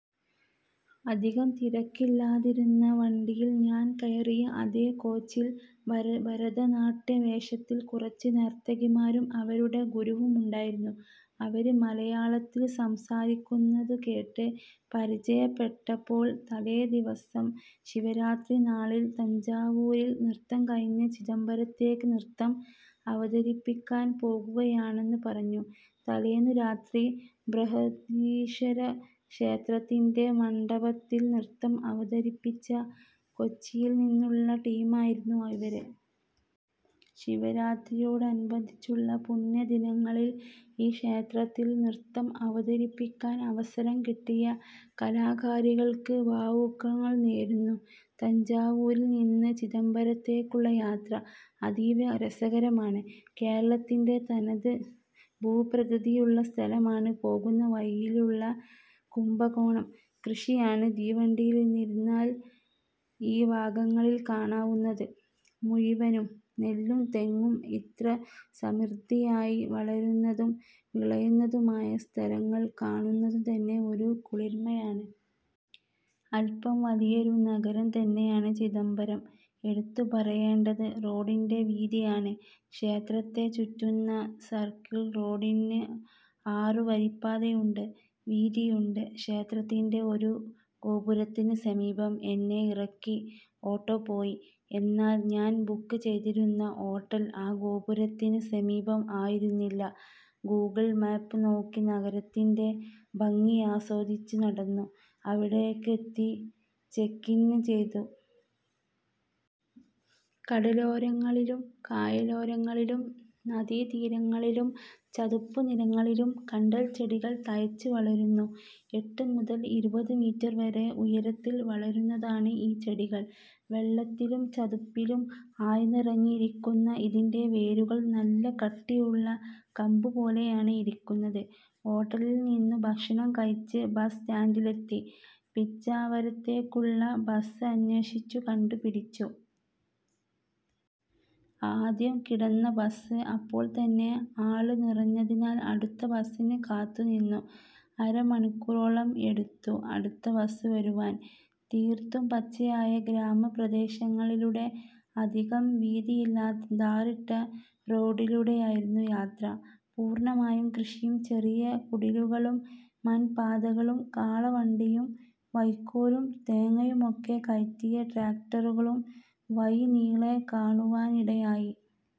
അധികം തിരക്കില്ലാതിരുന്ന വണ്ടിയില് ഞാന് കയറിയ അതേ കോച്ചില് ഭരതനാട്യം വേഷത്തില് കുറച്ച് നര്ത്തകിമാരും അവരുടെ ഗുരുവും ഉണ്ടായിരുന്നു. അവർ മലയാളത്തില് സംസാരിക്കുന്നതു കേട്ട് പരിചയപ്പെട്ടപ്പോള് തലേദിവസം ശിവരാത്രി നാളില് തഞ്ചാവൂരില് നൃത്തം കഴിഞ്ഞ് ചിദംബരത്ത് നൃത്തം അവതരിപ്പിക്കാന് പോകുകയാണെന്ന് പറഞ്ഞു. തലേന്നു രാത്രി ബ്രഹദീശ്വര ക്ഷേത്രത്തിന്റെ മണ്ഡപത്തില് നൃത്തം അവതരിപ്പിച്ച കൊച്ചിയില് നിന്നുള്ള ടീമായിരുന്നു ഇവര്. ശിവരാത്രിയോടനുബന്ധിച്ചുള്ള പുണ്യ ദിനങ്ങളില് ഈ ക്ഷേത്രങ്ങളില് നൃത്തം അവതരിപ്പിക്കാന് അവസരം കിട്ടിയ കലാകാരികള്ക്ക് ഭാവുകങ്ങള് നേര്ന്നു. തഞ്ചാവൂരില് നിന്നും ചിദംബരത്തേക്കുള്ള യാത്ര അതീവ രസകരമാണ്. കേരളത്തിന്റെ തനത് ഭൂപ്രകൃതിയുള്ള സ്ഥലമാണ് പോകുന്ന വഴിയിലുള്ള കുംഭകോണം. കൃഷിയാണ് തീവണ്ടിയില് ഇരുന്നാല് ഈ ഭാഗങ്ങളില് കാണാവുന്നത് മുഴുവനും. നെല്ലും തെങ്ങും ഇത്ര സമൃദ്ധിയായി വളരുന്നതും വിളയുന്നതുമായ സ്ഥലങ്ങള് കാണുന്നതു തന്നെ ഒരു കുളിര്മ്മയാണ്. അല്പം വലിയൊരു നഗരം തന്നെയാണ് ചിദംബരം. എടുത്തുപറയേണ്ടത് റോഡിന്റെ വീതിയാണ്. ക്ഷേത്രത്തെ ചുറ്റുന്ന സർക്കിള് റോഡിന് ആറുവരിപ്പാതയുടെ വീതിയുണ്ട്. ക്ഷേത്രത്തിന്റെ ഒരു ഗോപുരത്തിന് സമീപം എന്നെ ഇറക്കി ഓട്ടോ പോയി. എന്നാല് ഞാന് ബുക്ക് ചെയ്തിരുന്ന ഹോട്ടല് ആ ഗോപുരത്തിന് സമീപം ആയിരുന്നില്ല. ഗൂഗിള് മാപ്പ് നോക്കി നഗരത്തിന്റെ ഭംഗിയാസ്വദിച്ച് നടന്ന് അവിടേക്കെത്തി ചെക്കിന് ചെയ്തു. കടലോരങ്ങളിലും കായലോരങ്ങളിലും നദീതീരങ്ങളിലും ചതുപ്പുനിലങ്ങളിലും കണ്ടല്ച്ചെടികള് തഴച്ച് വളരുന്നു. എട്ട് മുതല് ഇരുപത് മീറ്റർ വരെ ഉയരത്തില് വളരുന്നതാണ് ഈ ചെടികള്. വെള്ളത്തിലും ചതുപ്പിലും ആഴ്ന്നിറങ്ങിയിരിക്കുന്ന ഇതിന്റെ വേരുകള് നല്ല കട്ടിയുള്ള കമ്പുപോലെയാണ് ഇരിക്കുന്നത്. ഹോട്ടലില് നിന്നും ഭക്ഷണം കഴിച്ച് ബസ് സ്റ്റാന്റിലെത്തി പിച്ചാവരത്തേക്കുള്ള ബസ് അന്വേഷിച്ച് കണ്ടുപിടിച്ചു. ആദ്യം കിടന്ന ബസ് അപ്പോള്ത്തന്നെ ആള് നിറഞ്ഞതിനാല് അടുത്ത ബസിന് കാത്തുനിന്നു. അര മണിക്കൂറോളം എടുത്തു അടുത്ത ബസ് വരുവാന്. തീർത്തും പച്ചയായ ഗ്രാമപ്രദേശങ്ങളിലൂടെ അധികം വീതിയില്ലാത്ത ടാറിട്ട റോഡിലൂടെയായിരുന്നു യാത്ര. പൂർണ്ണമായും കൃഷിയും ചെറിയ കുടിലുകളും മണ്പാതകളും കാളവണ്ടിയും വൈക്കോലും തേങ്ങയുമൊക്കെ കയറ്റിയ ട്രാക്ടറുകളും വഴിനീളെ കാണുവാനിടയായി.